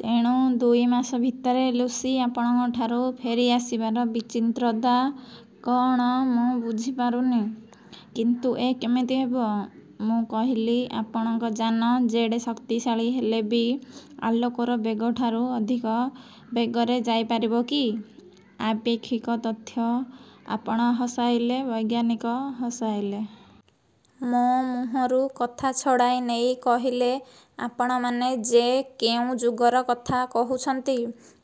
ତେଣୁ ଦୁଇ ମାସ ଭିତରେ ଲୁସି ଆପଣଙ୍କଠାରୁ ଫେରି ଆସିବାର ବିଚିନ୍ତ୍ରତା କଅଣ ମୁଁ ବୁଝି ପାରୁନି। କିନ୍ତୁ ଏ କେମିତି ହେବ? ମୁଁ କହିଲି, ଆପଣମାନଙ୍କ ଯାନ ଯେଡ଼େ ଶକ୍ତିଶାଳୀ ହେଲେ ବି ଆଲୋକର ବେଗ ଠାରୁ ଅଧିକ ବେଗରେ ଯାଇପାରିବ କି? ଆପେକ୍ଷିକ ତଥ୍ୟ ଆପଣ ହସାଇଲେ ବୈଜ୍ଞାନିକ ହସାଇଲେ। ମୋ ମୁହଁରୁ କଥା ଛଡ଼ାଇ ନେଇ କହିଲେ, ଆପଣମାନେ ଯେ କେଉଁ ଯୁଗର କଥା କହୁଛନ୍ତି,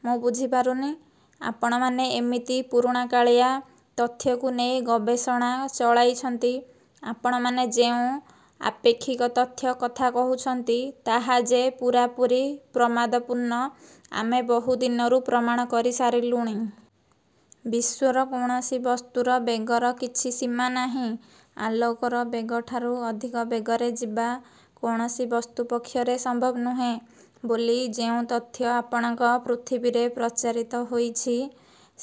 ମୁଁ ବୁଝି ପାରୁନି। ଆପଣମାନେ ଏମିତି ପୁରୁଣାକାଳିଆ ତଥ୍ୟକୁ ନେଇ ଗବେଷଣା ଚଳାଇଛନ୍ତି। ଆପଣମାନେ ଯେଉଁ ଆପେକ୍ଷିକ ତଥ୍ୟ କଥା କହୁଛନ୍ତି, ତାହା ଯେ ପୂରାପୂରି ପ୍ରମାଦପୂର୍ଣ୍ଣ ଆମେ ବହୁ ଦିନରୁ ପ୍ରମାଣ କରି ସାରିଲୁଣି। ବିଶ୍ୱର କୌଣସି ବସ୍ତୁର ବେଗର କିଛି ସୀମା ନାହିଁ। ଆଲୋକର ବେଗଠାରୁ ଅଧିକ ବେଗରେ ଯିବା କୌଣସି ବସ୍ତୁ ପକ୍ଷରେ ସମ୍ଭବ ନୁହେଁ ବୋଲି ଯେଉଁ ତଥ୍ୟ ଆପଣଙ୍କ ପୃଥିବୀରେ ପ୍ରଚାରିତ ହୋଇଛି,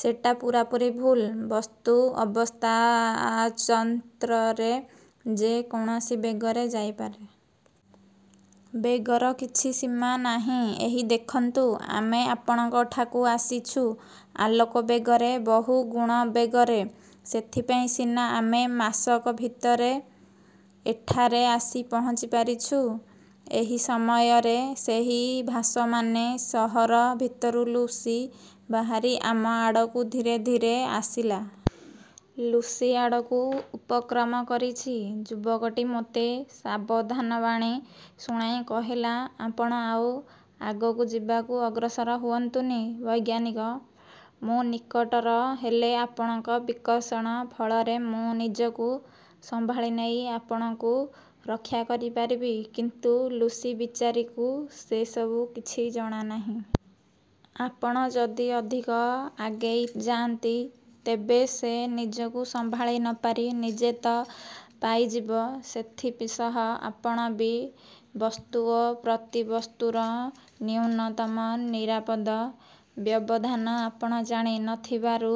ସେଟା ପୂରାପୂରି ଭୁଲ୍। ବସ୍ତୁ ଅବସ୍ଥାଚନ୍ତ୍ରରେ ଯେ କୌଣସି ବେଗରେ ଯାଇପାରେ। ବେଗର କିଛି ସୀମା ନାହିଁ। ଏହି ଦେଖନ୍ତୁ, ଆମେ ଆପଣଙ୍କଠାକୁ ଆସିଛୁ, ଆଲୋକବେଗରେ ବହୁ ଗୁଣ ବେଗରେ। ସେଥିପାଇଁ ସିନା ଆମେ ମାସକ ଭିତରେ ଏଠାରେ ଆସି ପହଞ୍ଚି ପାରିଛୁ। ଏହି ସମୟରେ ସେହି ଭାସମାନେ ସହର ଭିତରୁ ଲୁସି ବାହାରି ଆମ ଆଡ଼କୁ ଧୀରେ ଧୀରେ ଆସିଲା। ଲୁସି ଆଡ଼କୁ ଉପକ୍ରମ କରିଛି, ଯୁବକଟି ମୋତେ ସାବଧାନବାଣୀ ଶୁଣାଇ କହିଲା, 'ଆପଣ ଆଉ ଆଗକୁ ଯିବାକୁ ଅଗ୍ରସର ହୁଅନ୍ତୁନି ବୈଜ୍ଞାନିକ, ମୋ ନିକଟର ହେଲେ ଆପଣଙ୍କ ବିକର୍ଷଣ ଫଳରେ ମୁଁ ନିଜକୁ ସମ୍ଭାଳି ନେଇ ଆପଣଙ୍କୁ ରକ୍ଷା କରି ପାରିବି କିନ୍ତୁ ଲୁସି ବିଚାରୀକୁ ସେ ସବୁ କିଛି ଜଣା ନାହିଁ। ଆପଣ ଯଦି ଅଧିକ ଆଗେଇ ଯାନ୍ତି, ତେବେ ସେ ନିଜକୁ ସମ୍ଭାଳି ନ ପାରି ନିଜେ ତ ପାଇଯିବ ସେଥିସହ ଆପଣ ବି। ବସ୍ତୁ ଓ ପ୍ରତି ବସ୍ତୁର ନ୍ୟୂନତମ ନିରାପଦ ବ୍ୟବଧାନ ଆପଣ ଜାଣି ନ ଥିବାରୁ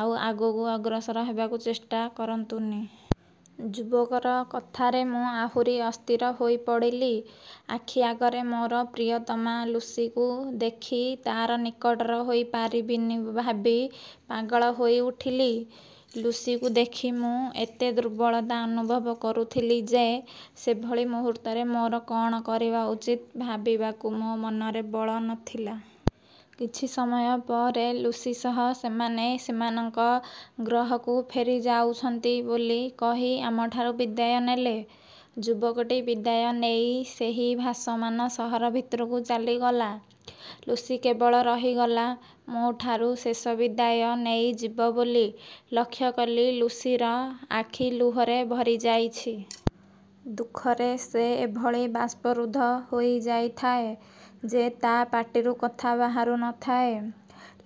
ଆଉ ଆଗକୁ ଅଗ୍ରସର ହେବାକୁ ଚେଷ୍ଟା କରନ୍ତୁନି। ଯୁବକର କଥାରେ ମୁଁ ଆହୁରି ଅସ୍ଥିର ହୋଇ ପଡ଼ିଲି। ଆଖି ଆଗରେ ମୋର ପ୍ରିୟତମା ଲୁସିକୁ ଦେଖି ତାର ନିକଟର ହୋଇପାରିବିନି ଭାବି ପାଗଳ ହୋଇଉଠିଲି? ଲୁସିକୁ ଦେଖି ମୁଁ ଏତେ ଦୁର୍ବଳତା ଅନୁଭବ କରୁଥିଲି ଯେ ସେଭଳି ମୁହୂର୍ତ୍ତରେ ମୋର କଣ କରିବା ଉଚିତ୍ ଭାବିବାକୁ ମୋ ମନରେ ବଳ ନ ଥିଲା। କିଛି ସମୟ ପରେ ଲୁସି ସହ ସେମାନେ ସେମାନଙ୍କ ଗ୍ରହକୁ ଫେରି ଯାଉଛନ୍ତି ବୋଲି କହି ଆମଠାରୁ ବିଦାୟ ନେଲେ। ଯୁବକଟି ବିଦାୟ ନେଇ ସେହି ଭାସମାନ ସହର ଭିତରକୁ ଚାଲିଗଲା। ଲୁସି କେବଳ ରହିଗଲା ମୋଠାରୁ ଶେଷ ବିଦାୟ ନେଇ ଯିବ ବୋଲି। ଲକ୍ଷ୍ୟ କଲି, ଲୁସିର ଆଖି ଲୁହରେ ଭରିଯାଇଛି। ଦୁଃଖରେ ସେ ଏଭଳି ବାଷ୍ପରୁଦ୍ଧ ହୋଇ ଯାଇଥାଏ ଯେ ତା ପାଟିରୁ କଥା ବାହାରୁ ନ ଥାଏ।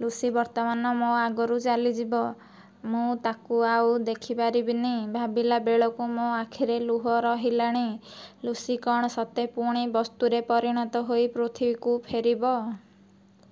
ଲୁସି ବର୍ତ୍ତମାନ ମୋ ଆଗରୁ ଚାଲିଯିବ, ମୁଁ ତାକୁ ଆଉ ଦେଖିପାରିବିନି, ଭାବିଲାବେଳକୁ ମୋ ଆଖିରେ ଲୁହ ରହିଲାଣି। ଲୁସି କଣ ସତେ ପୁଣି ବସ୍ତୁରେ ପରିଣତ ହୋଇ ପୃଥିବୀକୁ ଫେରିବ,